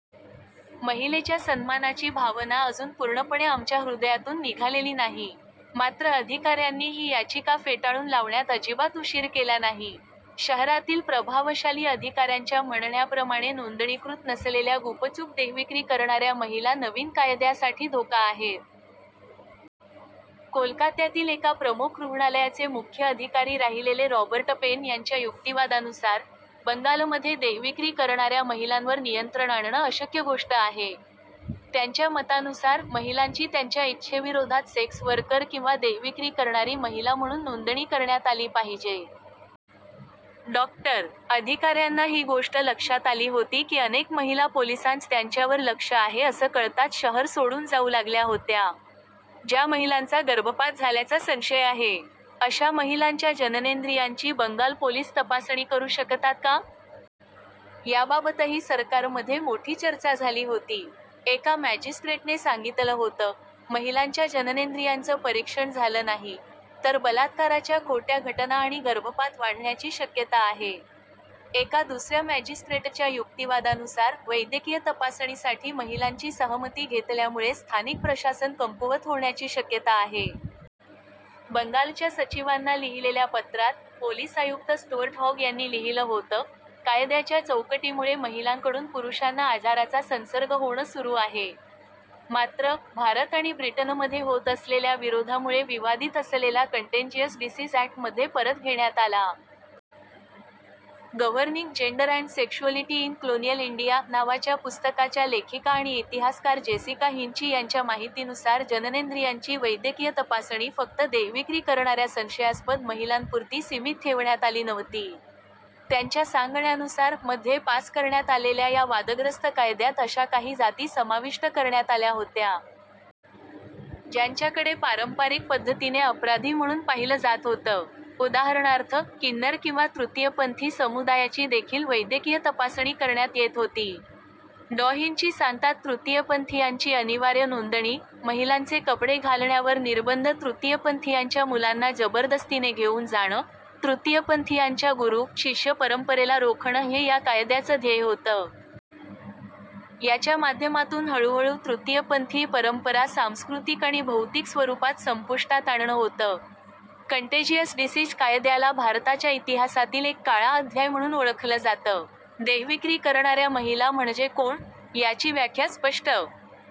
महिलेच्या सन्मानाची भावना अजून पूर्णपणे आमच्या हृदयातून निघालेली नाही. मात्र अधिकाऱ्यांनी ही याचिका फेटाळून लावण्यात अजिबात उशीर केला नाही. शहरातील प्रभावशाली अधिकाऱ्यांच्या म्हणण्याप्रमाणे नोंदणीकृत नसलेल्या गुपचूप देहविक्री करणाऱ्या महिला नवीन कायद्यासाठी धोका आहेत. कोलकात्यातील एका प्रमुख रुग्णालयाचे मुख्य अधिकारी राहिलेले रॉबर्ट पेन यांच्या युक्तिवादानुसार, बंगालमध्ये देहविक्री करणाऱ्या महिलांवर नियंत्रण आणणं अशक्य गोष्ट आहे. त्यांच्या मतानुसार, महिलांची त्यांच्या इच्छेविरोधात सेक्स वर्कर किंवा देहविक्री करणारी महिला म्हणून नोंदणी करण्यात आली पाहिजे. डॉ. अधिकाऱ्यांना ही गोष्ट लक्षात आली होती की अनेक महिला पोलिसांच त्यांच्यावर लक्ष आहे असं कळताच शहर सोडून जाऊ लागल्या होत्या. ज्या महिलांचा गर्भपात झाल्याचा संशय आहे. अशा महिलांच्या जननेंद्रियांची बंगाल पोलीस तपासणी करू शकतात का? याबाबतही सरकारमध्ये मोठी चर्चा झाली होती. एका मॅजिस्ट्रेटने सांगितलं होतं, महिलांच्या जननेंद्रियांचं परीक्षण झालं नाही, तर बलात्काराच्या खोट्या घटना आणि गर्भपात वाढण्याची शक्यता आहे. एका दुसऱ्या मॅजिस्ट्रेटच्या युक्तिवादानुसार, वैद्यकीय तपासणीसाठी महिलांची सहमती घेतल्यामुळे स्थानिक प्रशासन कमकुवत होण्याची शक्यता आहे. बंगालच्या सचिवांना लिहिलेल्या पत्रात, पोलीस आयुक्त स्टुअर्ट हॉग यांनी लिहिलं होतं, कायद्याच्या चौकटीमुळे महिलांकडून पुरुषांना आजाराचा संसर्ग होणं सुरू आहे. मात्र, भारत आणि ब्रिटनमध्ये होत असलेल्या विरोधामुळे विवादित असलेला कंटेंजिअस डिसिज अॅक्ट मध्ये परत घेण्यात आला. 'Governing gender and sexuality in colonial India' नावाच्या पुस्तकाच्या लेखिका आणि इतिहासकार जेसिका हिंची यांच्या माहितीनुसार जननेंद्रियांची वैद्यकीय तपासणी फक्त देहविक्री करणाऱ्या संशयास्पद महिलांपुरती सिमित ठेवण्यात आली नव्हती. त्यांच्या सांगण्यानुसार, मध्ये पास करण्यात आलेल्या या वादग्रस्त कायद्यात अशा काही जाती समाविष्ट करण्यात आल्या होत्या. ज्यांच्याकडे पारंपारिक पद्धतीने अपराधी म्हणून पाहिलं जात होतं. उदाहरणार्थ, किन्नर किंवा तृतीयपंथी समुदायाची देखील वैद्यकीय तपासणी करण्यात येत होती. डॉ हिंची सांगतात तृतीयपंथीयांची अनिवार्य नोंदणी, महिलांचे कपडे घालण्यावर निर्बंध तृतीयपंथीयांच्या मुलांना जबरदस्तीने घेऊन जाणं, तृतीयपंथीयांच्या गुरू-शिष्य परंपरेला रोखणं हे या कायद्याचं ध्येय होतं. याच्या माध्यमातून हळूहळू तृतीयपंथीय परंपरा सांस्कृतिक आणि भौतिक स्वरूपात संपुष्टात आणणं होतं. कंटेजिअस डिसीज कायद्याला भारताच्या इतिहासातील एक काळा अध्याय म्हणून ओळखलं जातं. देहविक्री करणाऱ्या महिला म्हणजे कोण? याची व्याख्या स्पष्ट